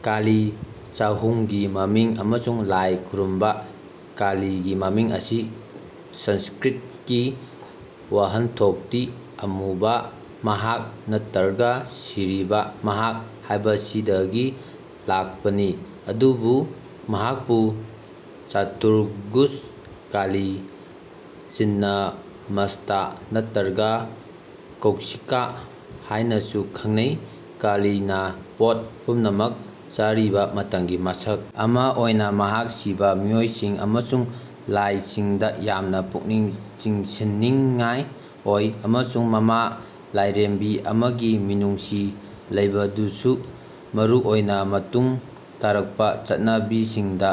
ꯀꯥꯂꯤ ꯆꯍꯨꯝꯒꯤ ꯃꯃꯤꯡ ꯑꯃꯁꯨꯡ ꯂꯥꯏ ꯈꯨꯔꯨꯝꯕ ꯀꯥꯂꯤꯒꯤ ꯃꯃꯤꯡ ꯑꯁꯤ ꯁꯪꯁꯀ꯭ꯔꯤꯠꯀꯤ ꯋꯥꯍꯟꯊꯣꯛꯇꯤ ꯑꯃꯨꯕ ꯃꯍꯥꯛ' ꯅꯠꯇ꯭ꯔꯒ ꯁꯤꯔꯤꯕ ꯃꯍꯥꯛ' ꯍꯥꯏꯕꯁꯤꯗꯒꯤ ꯂꯥꯛꯄꯅꯤ, ꯑꯗꯨꯕꯨ ꯃꯍꯥꯛꯄꯨ ꯆꯇꯨꯔꯚꯨꯖ ꯀꯥꯂꯤ, ꯆꯤꯟꯅꯃꯁꯇꯥ ꯅꯠꯇ꯭ꯔꯒ ꯀꯧꯁꯤꯀꯥ ꯍꯥꯏꯅꯁꯨ ꯈꯪꯅꯩ꯫ ꯀꯥꯂꯤꯅ ꯄꯣꯠ ꯄꯨꯝꯅꯃꯛ ꯆꯥꯔꯤꯕ ꯃꯇꯝꯒꯤ ꯃꯁꯛ ꯑꯃ ꯑꯣꯏꯅ ꯃꯍꯥꯛ ꯁꯤꯕ ꯃꯤꯑꯣꯏꯁꯤꯡ ꯑꯃꯁꯨꯡ ꯂꯥꯏꯁꯤꯡꯗ ꯌꯥꯝꯅ ꯄꯨꯛꯅꯤꯡ ꯆꯤꯡꯁꯤꯟꯅꯤꯡꯉꯥꯏ ꯑꯣꯏ ꯑꯃꯁꯨꯡ ꯃꯃꯥ ꯂꯥꯏꯔꯦꯝꯕꯤ ꯑꯃꯒꯤ ꯃꯤꯅꯨꯡꯁꯤ ꯂꯩꯕꯗꯨꯁꯨ (ꯃꯔꯨꯑꯣꯏꯅ ꯃꯇꯨꯡ ꯇꯥꯔꯛꯄ ꯆꯠꯅꯕꯤꯁꯤꯡꯗ)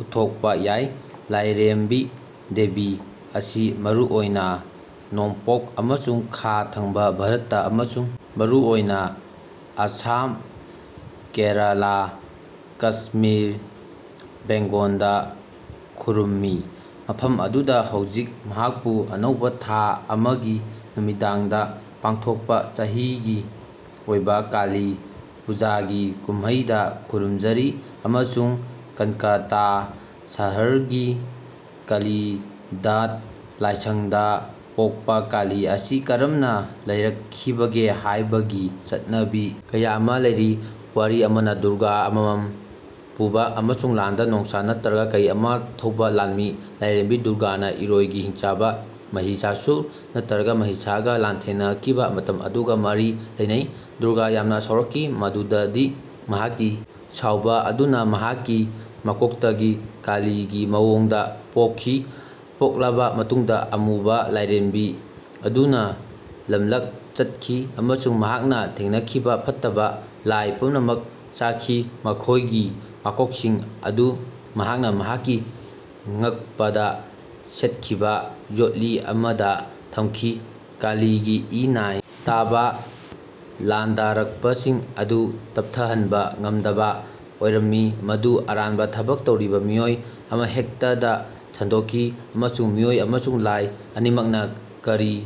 ꯎꯠꯊꯣꯛꯄ ꯌꯥꯏ꯫ ꯂꯥꯏꯔꯦꯝꯕꯤ (ꯗꯦꯕꯤ) ꯑꯁꯤ ꯃꯔꯨꯑꯣꯏꯅ ꯅꯣꯡꯄꯣꯛ ꯑꯃꯁꯨꯡ ꯈꯥ ꯊꯪꯕ ꯚꯥꯔꯠꯇ ꯑꯃꯁꯨꯡ ꯃꯔꯨꯑꯣꯏꯅ ꯑꯁꯥꯝ, ꯀꯦꯔꯂꯥ, ꯀꯁꯃꯤꯔ, ꯕꯦꯡꯒꯣꯜꯗ ꯈꯨꯔꯨꯝꯃꯤ ꯃꯐꯝ ꯑꯗꯨꯗ ꯍꯧꯖꯤꯛ ꯃꯍꯥꯛꯄꯨ ꯑꯅꯧꯕ ꯊꯥ ꯑꯃꯒꯤ ꯅꯨꯃꯤꯗꯥꯡꯗ ꯄꯥꯡꯊꯣꯛꯄ ꯆꯍꯤꯒꯤ ꯑꯣꯏꯕ ꯀꯥꯂꯤ ꯄꯨꯖꯥꯒꯤ ꯀꯨꯝꯍꯩꯗ ꯈꯨꯔꯨꯝꯖꯔꯤ ꯑꯃꯁꯨꯡ ꯀꯜꯀꯥꯇꯥ ꯁꯍꯔꯒꯤ ꯀꯥꯂꯤꯘꯥꯠ ꯂꯥꯏꯁꯪꯗ ꯄꯣꯛꯄ ꯀꯥꯂꯤ ꯑꯁꯤ ꯀꯔꯝꯅ ꯂꯩꯔꯛꯈꯤꯕꯒꯦ ꯍꯥꯏꯕꯒꯤ ꯆꯠꯅꯕꯤ ꯀꯌꯥ ꯑꯃ ꯂꯩꯔꯤ꯫ ꯋꯥꯔꯤ ꯑꯃꯅ ꯈꯨꯠꯂꯥꯏ ꯑꯃꯃꯝ ꯄꯨꯕ ꯑꯃꯁꯨꯡ ꯂꯥꯟꯗ ꯅꯣꯡꯁꯥ ꯅꯠꯇ꯭ꯔꯒ ꯀꯩ ꯑꯃ ꯊꯧꯕ ꯂꯥꯟꯃꯤ ꯂꯥꯏꯔꯦꯝꯕꯤ ꯗꯨꯔꯒꯥꯅ ꯏꯔꯣꯏꯒꯤ ꯍꯤꯡꯆꯥꯕ ꯃꯍꯤꯁꯥꯁꯨꯔ (ꯅꯠꯇ꯭ꯔꯒ ꯃꯍꯤꯁꯥ)ꯒ ꯂꯥꯟꯊꯦꯡꯅꯈꯤꯕ ꯃꯇꯝ ꯑꯗꯨꯒ ꯃꯔꯤ ꯂꯩꯅꯩ꯫ ꯗꯨꯔꯒꯥ ꯌꯥꯝꯅ ꯁꯥꯎꯔꯛꯈꯤ ꯃꯗꯨꯗꯗꯤ ꯃꯍꯥꯛꯀꯤ ꯁꯥꯎꯕ ꯑꯗꯨꯅ ꯃꯍꯥꯛꯀꯤ ꯃꯀꯣꯛꯇꯒꯤ ꯀꯥꯂꯤꯒꯤ ꯃꯑꯣꯡꯗ ꯄꯣꯛꯈꯤ꯫ ꯄꯣꯛꯂꯕ ꯃꯇꯨꯡꯗ ꯑꯃꯨꯕ ꯂꯥꯏꯔꯦꯝꯕꯤ ꯑꯗꯨꯅ ꯂꯝꯂꯛ ꯆꯠꯈꯤ ꯑꯃꯁꯨꯡ ꯃꯍꯥꯛꯅ ꯊꯦꯡꯅꯈꯤꯕ ꯐꯠꯇꯕ ꯂꯥꯏ ꯄꯨꯝꯅꯃꯛ ꯆꯥꯈꯤ, ꯃꯈꯣꯏꯒꯤ ꯃꯀꯣꯛꯁꯤꯡ ꯑꯗꯨ ꯃꯍꯥꯛꯅ ꯃꯍꯥꯛꯀꯤ ꯉꯛꯄꯗ ꯁꯦꯠꯈꯤꯕ ꯌꯣꯠꯂꯤ ꯑꯃꯗ ꯊꯝꯈꯤ꯫ ꯀꯥꯂꯤꯒꯤ ꯏ-ꯅꯥꯏ ꯇꯥꯕ ꯂꯥꯟꯗꯥꯔꯛꯄꯁꯤꯡ ꯑꯗꯨ ꯇꯞꯊꯍꯟꯕ ꯉꯝꯗꯕ ꯑꯣꯏꯔꯝꯃꯤ, ꯃꯗꯨ ꯑꯔꯥꯟꯕ ꯊꯕꯛ ꯇꯧꯔꯤꯕ ꯃꯤꯑꯣꯏ ꯑꯃꯍꯦꯛꯇꯗ ꯁꯟꯗꯣꯛꯈꯤ, ꯑꯃꯁꯨꯡ ꯃꯤꯑꯣꯏ ꯑꯃꯁꯨꯡ ꯂꯥꯏ ꯑꯅꯤꯃꯛꯅ ꯀꯔꯤ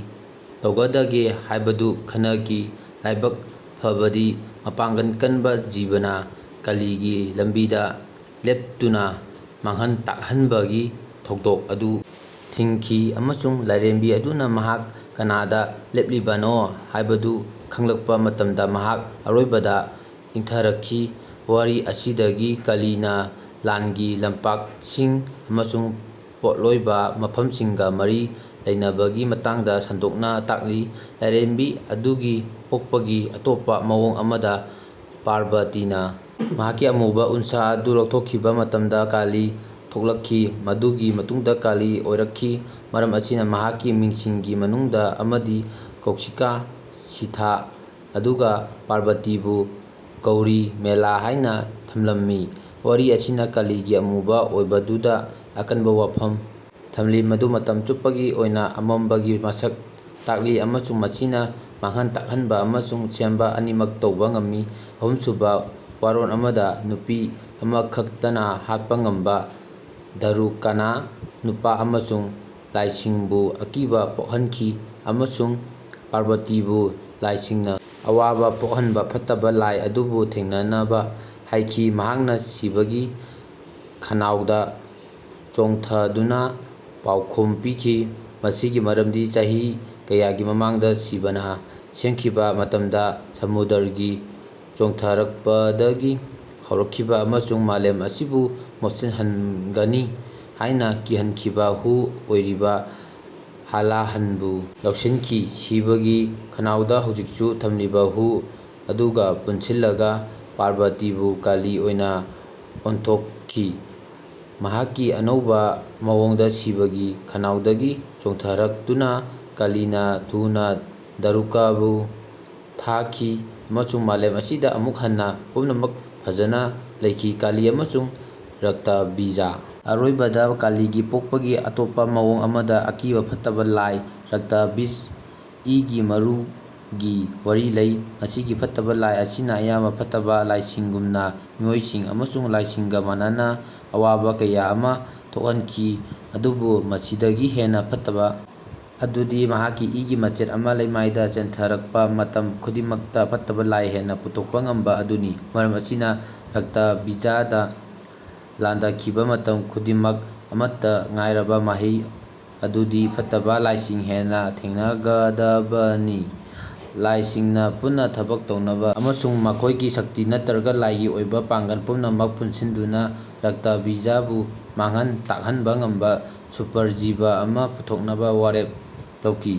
ꯇꯧꯒꯗꯒꯦ ꯍꯥꯏꯕꯗꯨ ꯈꯟꯅꯈꯤ꯫ ꯂꯥꯏꯕꯛ ꯐꯕꯗꯤ, ꯃꯄꯥꯡꯒꯜ ꯀꯟꯕ ꯁꯤꯕꯅ ꯀꯥꯂꯤꯒꯤ ꯂꯝꯕꯤꯗ ꯂꯦꯞꯇꯨꯅ ꯃꯥꯡꯍꯟ-ꯇꯥꯛꯍꯟꯕꯒꯤ ꯊꯧꯗꯣꯛ ꯑꯗꯨ ꯊꯤꯡꯈꯤ, ꯑꯃꯁꯨꯡ ꯂꯥꯏꯔꯦꯝꯕꯤ ꯑꯗꯨꯅ ꯃꯍꯥꯛ ꯀꯅꯥꯗ ꯂꯦꯞꯂꯤꯕꯅꯣ ꯍꯥꯏꯕꯗꯨ ꯈꯪꯂꯛꯄ ꯃꯇꯝꯗ ꯃꯍꯥꯛ ꯑꯔꯣꯏꯕꯗ ꯏꯪꯊꯔꯛꯈꯤ꯫ ꯋꯥꯔꯤ ꯑꯁꯤꯗꯒꯤ ꯀꯥꯂꯤꯅ ꯂꯥꯟꯒꯤ ꯂꯝꯄꯥꯛꯁꯤꯡ ꯑꯃꯁꯨꯡ ꯄꯣꯠꯂꯣꯏꯕ ꯃꯐꯝꯁꯤꯡꯒ ꯃꯔꯤ ꯂꯩꯅꯕꯒꯤ ꯃꯇꯥꯡꯗ ꯁꯟꯗꯣꯛꯅ ꯇꯥꯛꯂꯤ꯫ ꯂꯥꯏꯔꯦꯝꯕꯤ ꯑꯗꯨꯒꯤ ꯄꯣꯛꯄꯒꯤ ꯑꯇꯣꯞꯄ ꯃꯑꯣꯡ ꯑꯃꯗ, ꯄꯥꯔꯕꯇꯤꯅ ꯃꯍꯥꯛꯀꯤ ꯑꯃꯨꯕ ꯎꯟꯁꯥ ꯑꯗꯨ ꯂꯧꯊꯣꯛꯈꯤꯕ ꯃꯇꯝꯗ ꯀꯥꯂꯤ ꯊꯣꯛꯂꯛꯈꯤ꯫ ꯃꯗꯨꯒꯤ ꯃꯇꯨꯡꯗ ꯀꯥꯂꯤ ꯑꯣꯏꯔꯛꯈꯤ, ꯃꯔꯝ ꯑꯁꯤꯅ ꯃꯍꯥꯛꯀꯤ ꯃꯤꯡꯁꯤꯡꯒꯤ ꯃꯅꯨꯡꯗ ꯑꯃꯗꯤ ꯀꯧꯁꯤꯀꯥ (ꯁꯤꯊ), ꯑꯗꯨꯒ ꯄꯥꯔꯕꯇꯤꯕꯨ ꯒꯧꯔꯤ (ꯃꯦꯂꯥ) ꯍꯥꯏꯅ ꯊꯝꯂꯝꯃꯤ꯫ ꯋꯥꯔꯤ ꯑꯁꯤꯅ ꯀꯥꯂꯤꯒꯤ ꯑꯃꯨꯕ ꯑꯣꯏꯕꯗꯨꯗ ꯑꯀꯟꯕ ꯋꯥꯐꯝ ꯊꯝꯂꯤ ꯃꯗꯨ ꯃꯇꯝ ꯆꯨꯞꯄꯒꯤ ꯑꯣꯏꯅ ꯑꯃꯝꯕꯒꯤ ꯃꯁꯛ ꯇꯥꯛꯂꯤ ꯑꯃꯁꯨꯡ ꯃꯁꯤꯅ ꯃꯥꯡꯍꯟ ꯇꯥꯛꯍꯟꯕ ꯑꯃꯁꯨꯡ ꯁꯦꯝꯕ ꯑꯅꯤꯃꯛ ꯇꯧꯕ ꯉꯝꯃꯤ꯫ ꯑꯍꯨꯝꯁꯨꯕ ꯋꯥꯔꯣꯜ ꯑꯃꯗ, ꯅꯨꯄꯤ ꯑꯃꯈꯛꯇꯅ ꯍꯥꯠꯄ ꯉꯝꯕ ꯗꯥꯔꯨꯀꯥꯅ ꯅꯨꯄꯥ ꯑꯃꯁꯨꯡ ꯂꯥꯏꯁꯤꯡꯕꯨ ꯑꯀꯤꯕ ꯄꯣꯛꯍꯟꯈꯤ, ꯑꯃꯁꯨꯡ ꯄꯥꯔꯕꯇꯤꯕꯨ ꯂꯥꯏꯁꯤꯡꯅ ꯑꯋꯥꯕ ꯄꯣꯛꯍꯟꯕ ꯐꯠꯇꯕ ꯂꯥꯏ ꯑꯗꯨꯕꯨ ꯊꯦꯡꯅꯅꯕ ꯍꯥꯏꯈꯤ꯫ ꯃꯍꯥꯛꯅ ꯁꯤꯕꯒꯤ ꯈꯅꯥꯎꯗ ꯆꯣꯡꯊꯗꯨꯅ ꯄꯥꯎꯈꯨꯝ ꯄꯤꯈꯤ꯫ ꯃꯁꯤꯒꯤ ꯃꯔꯝꯗꯤ ꯆꯍꯤ ꯀꯌꯥꯒꯤ ꯃꯃꯥꯡꯗ ꯁꯤꯕꯅ ꯁꯦꯝꯈꯤꯕ ꯃꯇꯝꯗ ꯁꯃꯨꯗ꯭ꯔꯒꯤ ꯆꯣꯡꯊꯔꯛꯄꯗꯒꯤ ꯍꯧꯔꯛꯈꯤꯕ ꯑꯃꯁꯨꯡ ꯃꯥꯂꯦꯝ ꯑꯁꯤꯕꯨ ꯃꯣꯠꯁꯤꯟꯍꯟꯒꯅꯤ ꯍꯥꯏꯅ ꯀꯤꯍꯟꯈꯤꯕ ꯍꯨ ꯑꯣꯏꯔꯤꯕ ꯍꯂꯥꯍꯜꯕꯨ ꯂꯧꯁꯤꯟꯈꯤ꯫ ꯁꯤꯕꯒꯤ ꯈꯅꯥꯎꯗ ꯍꯧꯖꯤꯛꯁꯨ ꯊꯝꯂꯤꯕ ꯍꯨ ꯑꯗꯨꯒ ꯄꯨꯟꯁꯤꯜꯂꯒ ꯄꯥꯔꯕꯇꯤꯕꯨ ꯀꯥꯂꯤ ꯑꯣꯏꯅ ꯑꯣꯟꯊꯣꯛꯈꯤ꯫ ꯃꯍꯥꯛꯀꯤ ꯑꯅꯧꯕ ꯃꯑꯣꯡꯗ ꯁꯤꯕꯒꯤ ꯈꯅꯥꯎꯗꯒꯤ ꯆꯣꯡꯊꯔꯛꯇꯨꯅ, ꯀꯥꯂꯤꯅ ꯊꯨꯅ ꯗꯥꯔꯨꯀꯥꯕꯨ ꯊꯥꯈꯤ ꯑꯃꯁꯨꯡ ꯃꯥꯂꯦꯝ ꯑꯁꯤꯗ ꯑꯃꯨꯛ ꯍꯟꯅ ꯄꯨꯝꯅꯃꯛ ꯐꯖꯅ ꯂꯩꯈꯤ꯫ ꯀꯥꯂꯤ ꯑꯃꯁꯨꯡ ꯔꯛꯇꯥꯕꯤꯖꯥ ꯑꯔꯣꯏꯕꯗ, ꯀꯥꯂꯤꯒꯤ ꯄꯣꯛꯄꯒꯤ ꯑꯇꯣꯞꯄ ꯃꯑꯣꯡ ꯑꯃꯗ, ꯑꯀꯤꯕ ꯐꯠꯇꯕ ꯂꯥꯏ ꯔꯛꯇꯥꯕꯤꯖ (ꯏꯒꯤ ꯃꯔꯨ)ꯒꯤ ꯋꯥꯔꯤ ꯂꯩ꯫ ꯃꯁꯤꯒꯤ ꯐꯠꯇꯕ ꯂꯥꯏ ꯑꯁꯤꯅ ꯑꯌꯥꯝꯕ ꯐꯠꯇꯕ ꯂꯥꯏꯁꯤꯡꯒꯨꯝꯅ ꯃꯤꯑꯣꯏꯁꯤꯡ ꯑꯃꯁꯨꯡ ꯂꯥꯏꯁꯤꯡꯒ ꯃꯥꯟꯅꯅ ꯑꯋꯥꯕ ꯀꯌꯥ ꯑꯃ ꯊꯣꯛꯍꯟꯈꯤ ꯑꯗꯨꯕꯨ ꯃꯁꯤꯗꯒꯤ ꯍꯦꯟꯅ ꯐꯠꯇꯕ ꯑꯗꯨꯗꯤ ꯃꯍꯥꯛꯀꯤ ꯏꯒꯤ ꯃꯆꯦꯠ ꯑꯃ ꯂꯩꯃꯥꯏꯗ ꯆꯦꯟꯊꯔꯛꯄ ꯃꯇꯝ ꯈꯨꯗꯤꯡꯃꯛꯇ ꯐꯠꯇꯕ ꯂꯥꯏ ꯍꯦꯟꯅ ꯄꯨꯊꯣꯛꯄ ꯉꯝꯕ ꯑꯗꯨꯅꯤ꯫ ꯃꯔꯝ ꯑꯁꯤꯅ ꯔꯛꯇꯥꯕꯤꯖꯥꯗ ꯂꯥꯟꯗꯥꯈꯤꯕ ꯃꯇꯝ ꯈꯨꯗꯤꯡꯃꯛ ꯑꯃꯠꯇ ꯉꯥꯏꯔꯕ ꯃꯍꯩ ꯑꯗꯨꯗꯤ ꯐꯠꯇꯕ ꯂꯥꯏꯁꯤꯡ ꯍꯦꯟꯅ ꯊꯦꯡꯅꯒꯗꯕꯅꯤ꯫ ꯂꯥꯏꯁꯤꯡꯅ ꯄꯨꯟꯅ ꯊꯕꯛ ꯇꯧꯅꯕ ꯑꯃꯁꯨꯡ ꯃꯈꯣꯏꯒꯤ ꯁꯛꯇꯤ ꯅꯠꯇ꯭ꯔꯒ ꯂꯥꯏꯒꯤ ꯑꯣꯏꯕ ꯄꯥꯡꯒꯜ ꯄꯨꯝꯅꯃꯛ ꯄꯨꯟꯁꯤꯟꯗꯨꯅ ꯔꯛꯇꯥꯕꯤꯖꯕꯨ ꯃꯥꯡꯍꯟ ꯇꯥꯛꯍꯟꯕ ꯉꯝꯕ ꯁꯨꯄꯔ ꯖꯤꯕ ꯑꯃ ꯄꯨꯊꯣꯛꯅꯕ ꯋꯥꯔꯦꯞ ꯂꯧꯈꯤ꯫